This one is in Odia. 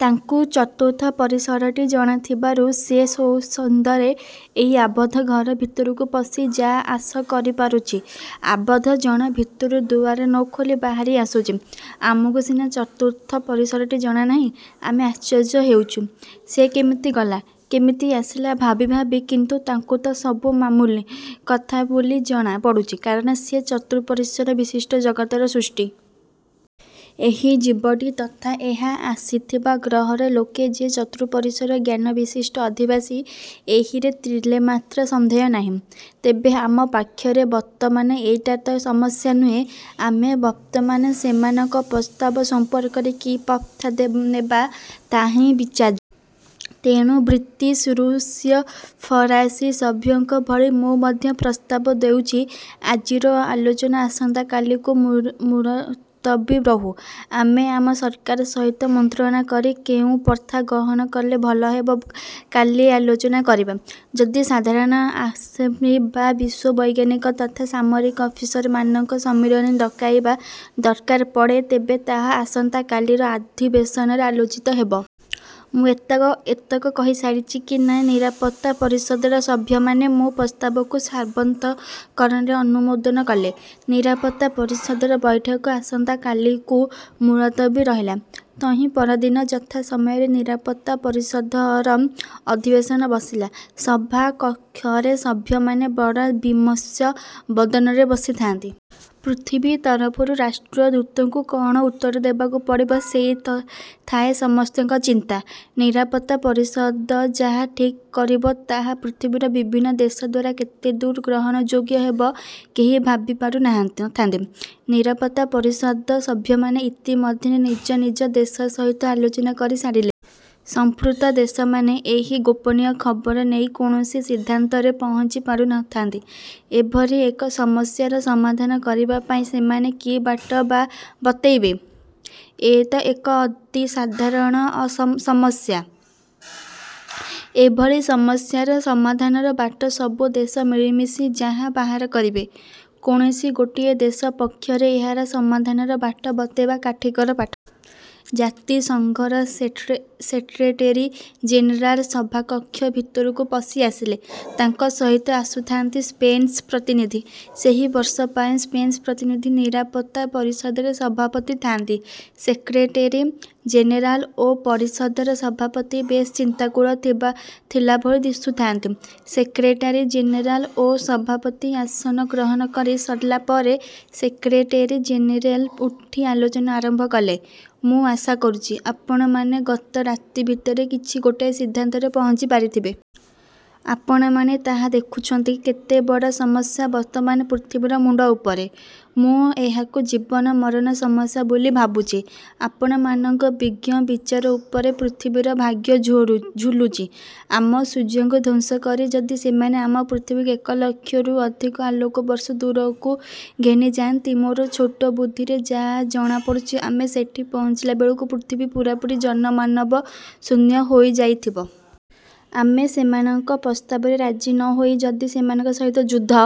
ତାକୁ ଚତୁର୍ଥ ପରିସରଟି ଜଣାଥିବରୁ ସେ ସ୍ଵଚ୍ଛନ୍ଦରେ ଏହି ଆବଦ୍ଧ ଘର ଭିତରକୁ ପଶି ଯା'ଆସ କରିପାରୁଛି ଆବଦ୍ଧ ଜଣ ଭିତରୁ ଦୁଆର ନ ଖୋଲି ବାହାରି ଆସୁଛି। ଆମକୁ ସିନା ଚତୁର୍ଥ ପରିସରଟି ଜଣାନାହିଁ, ଆମେ ଆଶ୍ଚର୍ଯ୍ୟ ହେଉଛୁ, ସେ କେମିତି ଗଲା, କେମିତି ଆସିଲା ଭାବି ଭାବି କିନ୍ତୁ ତାକୁ ତ ସବୁ ମାମୁଲି କଥା ବୋଲି ଜଣା ପଡ଼ୁଛି, କାରଣ ସେ ଚତୁଃପରିସର ବିଶିଷ୍ଟ ଜଗତର ସୃଷ୍ଟି। ଏହି ଜୀବଟି ତଥା ଏହା ଆସିଥିବା ଗ୍ରହର ଲୋକେ ଯେ ଚତୁଃପରିସର ଜ୍ଞାନବିଶିଷ୍ଟ ଅଧିବାସୀ, ଏହିରେ ତିଳେମାତ୍ର ସନ୍ଦେହ ନାହିଁ। ତେବେ ଆମ ପାଖରେ ବର୍ତ୍ତମାନ ଏଇଟା ତ ସମସ୍ୟା ନୁହେଁ। ଆମେ ବର୍ତ୍ତମାନ ସେମାନଙ୍କ ପ୍ରସ୍ତାବ ସମ୍ପର୍କରେ କି ପନ୍ଥା ନେବା ତାହା ହିଁ ବିଚାର୍ଯ୍ୟ। ତେଣୁ ବ୍ରିଟିଶ, ରୁଷୀୟ, ଫରାସୀ ସଭ୍ୟଙ୍କ ଭଳି ମୁଁ ମଧ୍ୟ ପ୍ରସ୍ତାବ ଦେଉଛି ଆଜିର ଆଲୋଚନା ଆସନ୍ତା କାଲିକୁ ମୁଲତବୀ ରହୁ। ଆମେ ଆମ ସରକାର ସହିତ ମନ୍ତ୍ରଣା କରି କେଉଁ ପନ୍ଥା ଗ୍ରହଣ କଲେ ଭଲ ହେବ କାଲି ଆଲୋଚନା କରିବା। ଯଦି ସାଧାରଣ ଆସେମ୍ବ୍ଲି ବା ବିଶ୍ୱବୈଜ୍ଞାନିକ ତଥା ସାମରିକ ଅଫିସରମାନଙ୍କ ସମ୍ମିଳନୀ ଡକାଇବା ଦରକାର ପଡ଼େ ତେବେ ତାହା ଆସନ୍ତା କାଲିର ଅଧିବେଶନରେ ଆଲୋଚିତ ହେବ। ମୁଁ ଏତକ କହିସାରିଛି କି ନାହିଁ ନିରାପତ୍ତା ପରିଷଦର ସଭ୍ୟମାନେ ମୋ ପ୍ରସ୍ତାବକୁ ସର୍ବାନ୍ତକରଣରେ ଅନୁମୋଦନ କଲେ। ନିରାପତ୍ତା ପରିଷଦର ବୈଠକ ଆସନ୍ତାକାଲିକୁ ମୁଲତବୀ ରହିଲା। ତହିଁ ପରଦିନ ଯଥା ସମୟରେ ନିରାପତ୍ତା ପରିଷଦର ଅଧିବେଶନ ବସିଲା। ସଭାକକ୍ଷରେ ସଭ୍ୟମାନେ ବଡ଼ ବିମର୍ଷ ବଦନରେ ବସିଥାନ୍ତି। ପୃଥିବୀ ତରଫରୁ ରାଷ୍ଟ୍ରଦୂତକୁ କଣ ଉତ୍ତର ଦେବାକୁ ପଡ଼ିବ ସେଇ ଥାଏ ସମସ୍ତଙ୍କର ଚିନ୍ତା। ନିରାପତ୍ତା ପରିଷଦ ଯା ଠିକ୍ କରିବ ତାହା ପୃଥିବୀର ବିଭିନ୍ନ ଦେଶ ଦ୍ୱାରା କେତେ ଦୂର ଗ୍ରହଣଯୋଗ୍ୟ ହେବ କେହି ଭାବି ପାରୁ ନ ଥାନ୍ତି। ନିରାପତ୍ତା ପରିଷଦର ସଭ୍ୟମାନେ ଇତି ମଧ୍ୟରେ ନିଜ ନିଜ ଦେଶ ସହିତ ଆଲୋଚନା କରି ସାରିଲେଣି। ସମ୍ପୃକ୍ତ ଦେଶମାନେ ଏହି ଗୋପନୀୟ ଖବର ନେଇ କୌଣସି ସିଦ୍ଧାନ୍ତରେ ପହଞ୍ଚି ପାରୁ ନଥାନ୍ତି। ଏଭଳି ଏକ ସମସ୍ୟାର ସମାଧାନ କରିବା ପାଇଁ ସେମାନେ କି ବାଟ ବା ବତେଇବେ? ଏତ ଏକ ଅତି ଅସାଧାରଣ ସମସ୍ୟା। ଏଭଳି ସମସ୍ୟାର ସମାଧାନର ବାଟ ସବୁ ଦେଶ ମିଳିମିଶି ଯାହା ବାହାର କରିବେ, କୌଣସି ଗୋଟିଏ ଦେଶ ପକ୍ଷରେ ଏହାର ସମାଧାନର ବାଟ ବତେଇବ କାଠିକର ପାଠ। ଜାତିସଂଘର ସେଟ୍ରେଟେରୀ ଜେନେରାଲ ସଭାକକ୍ଷ ଭିତରକୁ ପଶି ଆସିଲେ। ତାଙ୍କ ସହିତ ଆସୁଥାନ୍ତି ସ୍ପେନ୍ର ପ୍ରତିନିଧି। ସେହି ବର୍ଷ ପାଇଁ ସ୍ପେନ୍ର ପ୍ରତିନିଧି ନିରାପତ୍ତା ପରିଷଦରେ ସଭାପତି ଥାନ୍ତି। ସେକ୍ରେଟେରୀ ଜେନେରାଲ ଓ ପରିଷଦର ସଭାପତି ବେଶ ଚିନ୍ତାକୁଳ ଥିଲାଭଳି ଦିଶୁଥାନ୍ତି। ସେକ୍ରେଟେରୀ ଜେନେରାଲ ଓ ସଭାପତି ଆସନ ଗ୍ରହଣ କରି ସରିଲାପରେ ସେକ୍ରେଟେରୀ ଜେନେରେଲ ଉଠି ଆଲୋଚନା ଆରମ୍ଭ କଲେ ମୁଁ ଆଶା କରୁଛି, ଆପଣମାନେ ଗତ ରାତି ଭିତରେ କିଛି ଗୋଟାଏ ସିଦ୍ଧାନ୍ତରେ ପହଞ୍ଚି ପାରିଥିବେ। ଆପଣମାନେ ତା ଦେଖୁଛନ୍ତି, କେତେ ବଡ଼ ସମସ୍ୟା ବର୍ତ୍ତମାନ ପୃଥିବୀର ମୁଣ୍ଡ ଉପରେ। ମୁଁ ଏହାକୁ ଜୀବନ ମରଣ ସମସ୍ୟା ବୋଲି ଭାବୁଛି। ଆପଣମାନଙ୍କ ବିଜ୍ଞ ବିଚାର ଉପରେ ପୃଥିବୀର ଭାଗ୍ୟ ଝୁଲୁଛି। ଆମ ସୂର୍ଯ୍ୟକୁ ଧ୍ୱଂସ କରି ଯଦି ସେମାନେ ଆମ ପୃଥିବୀକୁ ଏକଲକ୍ଷରୁ ଅଧିକ ଆଲୋକବର୍ଷ ଦୂରକୁ ଘେନିଯାନ୍ତି, ମୋର ଛୋଟ ବୁଦ୍ଧିରେ ଯା' ଜଣା ପଡ଼ୁଛି ଆମେ ସେଠି ପହଞ୍ଚିଲା ବେଳକୁ ପୃଥିବୀ ପୂରାପୂରି ଜନମାନବ ଶୂନ୍ୟ ହୋଇ ଯାଇଥିବ। ଆମେ ସେମାନଙ୍କ ପ୍ରସ୍ତାବରେ ରାଜି ନ ହୋଇ ଯଦି ସେମାନଙ୍କ ସହିତ ଯୁଦ୍ଧ